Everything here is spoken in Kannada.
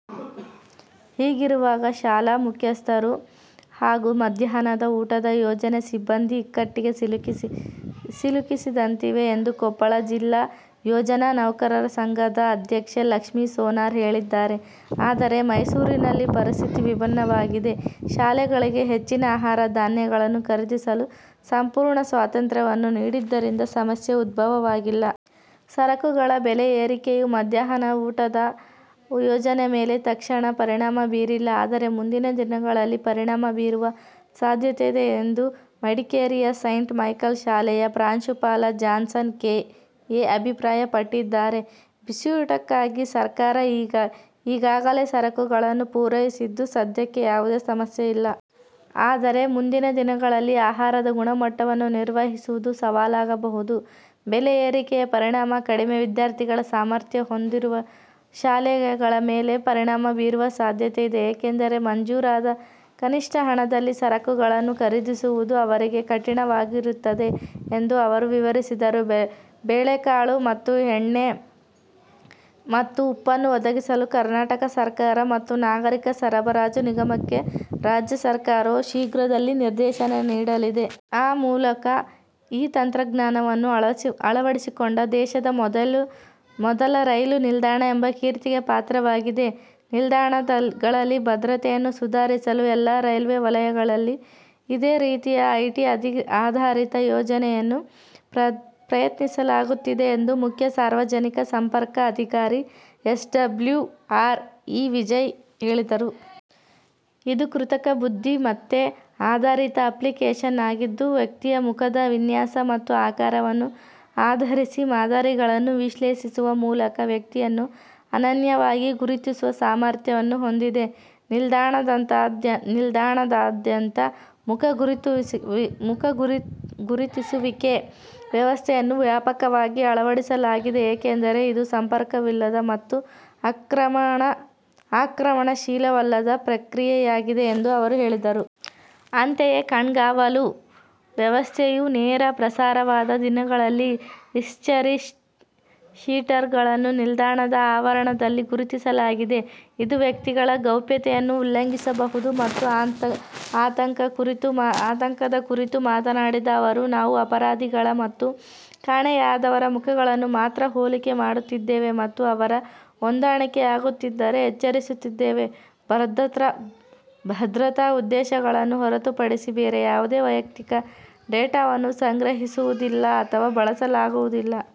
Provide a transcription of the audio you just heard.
ಹೀಗಿರುವಾಗ, ಶಾಲಾ ಮುಖ್ಯಸ್ಥರು ಹಾಗೂ ಮಧ್ಯಾಹ್ನದ ಊಟದ ಯೋಜನೆ ಸಿಬ್ಬಂದಿ ಇಕ್ಕಟ್ಟಿಗೆ ಸಿಲುಕಿಸಿದಂತಿದೆ ಎಂದು ಕೊಪ್ಪಳ ಜಿಲ್ಲಾ ಯೋಜನಾ ನೌಕರರ ಸಂಘದ ಅಧ್ಯಕ್ಷೆ ಲಕ್ಷ್ಮೀ ಸೋನಾರ್ ಹೇಳಿದ್ದಾರೆ. ಆದರೆ ಮೈಸೂರಿನಲ್ಲಿ ಪರಿಸ್ಥಿತಿ ವಿಭಿನ್ನವಾಗಿದೆ. ಶಾಲೆಗಳಿಗೆ ಹೆಚ್ಚಿನ ಆಹಾರ ಧಾನ್ಯಗಳನ್ನು ಖರೀದಿಸಲು ಸಂಪೂರ್ಣ ಸ್ವಾತಂತ್ರ್ಯವನ್ನು ನೀಡಿದ್ದರಿಂದ ಸಮಸ್ಯೆ ಉದ್ಭವವಾಗಿಲ್ಲ. ಸರಕುಗಳ ಬೆಲೆ ಏರಿಕೆಯು ಮಧ್ಯಾಹ್ನದ ಊಟದ ಯೋಜನೆ ಮೇಲೆ ತಕ್ಷಣದ ಪರಿಣಾಮ ಬೀರಿಲ್ಲ, ಆದರೆ ಮುಂದಿನ ದಿನಗಳಲ್ಲಿ ಪರಿಣಾಮ ಬೀರುವ ಸಾಧ್ಯತೆಯಿದೆ ಎಂದು ಮಡಿಕೇರಿಯ ಸೇಂಟ್ ಮೈಕಲ್ ಶಾಲೆಯ ಪ್ರಾಂಶುಪಾಲ ಜಾನ್ಸನ್ ಕೆ. ಎ ಅಭಿಪ್ರಾಯಪಟ್ಟಿದ್ದಾರೆ. ಬಿಸಿಯೂಟಕ್ಕಾಗಿ ಸರ್ಕಾರ ಈಗಾಗಲೇ ಸರಕುಗಳನ್ನು ಪೂರೈಸಿದ್ದು, ಸದ್ಯಕ್ಕೆ ಯಾವುದೇ ಸಮಸ್ಯೆ ಇಲ್ಲ. ಆದರೆ ಮುಂದಿನ ದಿನಗಳಲ್ಲಿ ಆಹಾರದ ಗುಣಮಟ್ಟವನ್ನು ನಿರ್ವಹಿಸುವುದು ಸವಾಲಾಗಬಹುದು. ಬೆಲೆ ಏರಿಕೆಯ ಪರಿಣಾಮ ಕಡಿಮೆ ವಿದ್ಯಾರ್ಥಿಗಳ ಸಾಮರ್ಥ್ಯ ಹೊಂದಿರುವ ಶಾಲೆಗಳ ಮೇಲೆ ಪರಿಣಾಮ ಬೀರುವ ಸಾಧ್ಯತೆಯಿದೆ. ಏಕೆಂದರೆ ಮಂಜೂರಾದ ಕನಿಷ್ಠ ಹಣದಲ್ಲಿ ಸರಕುಗಳನ್ನು ಖರೀದಿಸುವುದು ಅವರಿಗೆ ಕಠಿಣವಾಗಿರುತ್ತದೆ ಎಂದು ಅವರು ವಿವರಿಸಿದರು. ಬೇಳೆಕಾಳು, ಎಣ್ಣೆ ಮತ್ತು ಉಪ್ಪನ್ನು ಒದಗಿಸಲು ಕರ್ನಾಟಕ ಆಹಾರ ಮತ್ತು ನಾಗರಿಕ ಸರಬರಾಜು ನಿಗಮಕ್ಕೆ ರಾಜ್ಯ ಸರ್ಕಾರವು ಶೀಘ್ರದಲ್ಲೇ ನಿರ್ದೇಶನ ನೀಡಲಿದೆ. ಆ ಮೂಲಕ ಈ ತಂತ್ರಜ್ಞಾನವನ್ನು ಅಳವಡಿಸಿಕೊಂಡ ದೇಶದ ಮೊದಲ ರೈಲು ನಿಲ್ದಾಣ ಎಂಬ ಕೀರ್ತಿಗೆ ಪಾತ್ರವಾಗಿದೆ. ನಿಲ್ದಾಣಗಳಲ್ಲಿ ಭದ್ರತೆಯನ್ನು ಸುಧಾರಿಸಲು ಎಲ್ಲಾ ರೈಲ್ವೆ ವಲಯಗಳಲ್ಲಿ ಇದೇ ರೀತಿಯ ಐಟಿ ಆಧಾರಿತ ಯೋಜನೆಗಳನ್ನು ಪ್ರಯತ್ನಿಸಲಾಗುತ್ತಿದೆ ಎಂದು ಮುಖ್ಯ ಸಾರ್ವಜನಿಕ ಸಂಪರ್ಕ ಅಧಿಕಾರಿ, ಎಸ್ಡಬ್ಲ್ಯುಆರ್, ಇ ವಿಜಯ ಹೇಳಿದರು. 'ಇದು ಕೃತಕ ಬುದ್ಧಿಮತ್ತೆ ಆಧಾರಿತ ಅಪ್ಲಿಕೇಶನ್ ಆಗಿದ್ದು, ವ್ಯಕ್ತಿಯ ಮುಖದ ವಿನ್ಯಾಸ ಮತ್ತು ಆಕಾರವನ್ನು ಆಧರಿಸಿ ಮಾದರಿಗಳನ್ನು ವಿಶ್ಲೇಷಿಸುವ ಮೂಲಕ ವ್ಯಕ್ತಿಯನ್ನು ಅನನ್ಯವಾಗಿ ಗುರುತಿಸುವ ಸಾಮರ್ಥ್ಯವನ್ನು ಹೊಂದಿದೆ. ನಿಲ್ದಾಣದಾದ್ಯಂತ ಮುಖ ಗುರುತಿಸುವಿಕೆ ವ್ಯವಸ್ಥೆಯನ್ನು ವ್ಯಾಪಕವಾಗಿ ಅಳವಡಿಸಲಾಗಿದೆ. ಏಕೆಂದರೆ ಇದು ಸಂಪರ್ಕವಿಲ್ಲದ ಮತ್ತು ಆಕ್ರಮಣಶೀಲವಲ್ಲದ ಪ್ರಕ್ರಿಯೆಯಾಗಿದೆ ಎಂದು ಅವರು ಹೇಳಿದರು. ಅಂತೆಯೇ ಕಣ್ಗಾವಲು ವ್ಯವಸ್ಥೆಯು ನೇರ ಪ್ರಸಾರವಾದ ದಿನಗಳಲ್ಲಿ, ಹಿಸ್ಚರಿ-ಶೀಟರ್ಗಳನ್ನು ನಿಲ್ದಾಣದ ಆವರಣದಲ್ಲಿ ಗುರುತಿಸಲಾಗಿದೆ. ಇದು ವ್ಯಕ್ತಿಗಳ ಗೌಪ್ಯತೆಯನ್ನು ಉಲ್ಲಂಘಿಸಬಹುದು ಎಂಬ ಆತಂಕದ ಕುರಿತು ಮಾತನಾಡಿದ ಅವರು, 'ನಾವು ಅಪರಾಧಿಗಳ ಮತ್ತು ಕಾಣೆಯಾದವರ ಮುಖಗಳನ್ನು ಮಾತ್ರ ಹೋಲಿಕೆ ಮಾಡುತ್ತಿದ್ದೇವೆ ಮತ್ತು ಅವರ ಹೊಂದಾಣಿಕೆಯಾಗುತ್ತಿದ್ದರೆ ಎಚ್ಚರಿಸುತ್ತಿದ್ದೇವೆ. ಭದ್ರತಾ ಉದ್ದೇಶಗಳನ್ನು ಹೊರತುಪಡಿಸಿ ಬೇರೆ ಯಾವುದೇ ವೈಯಕ್ತಿಕ ಡೇಟಾವನ್ನು ಸಂಗ್ರಹಿಸುವುದಿಲ್ಲ ಅಥವಾ ಬಳಸಲಾಗುವುದಿಲ್ಲ.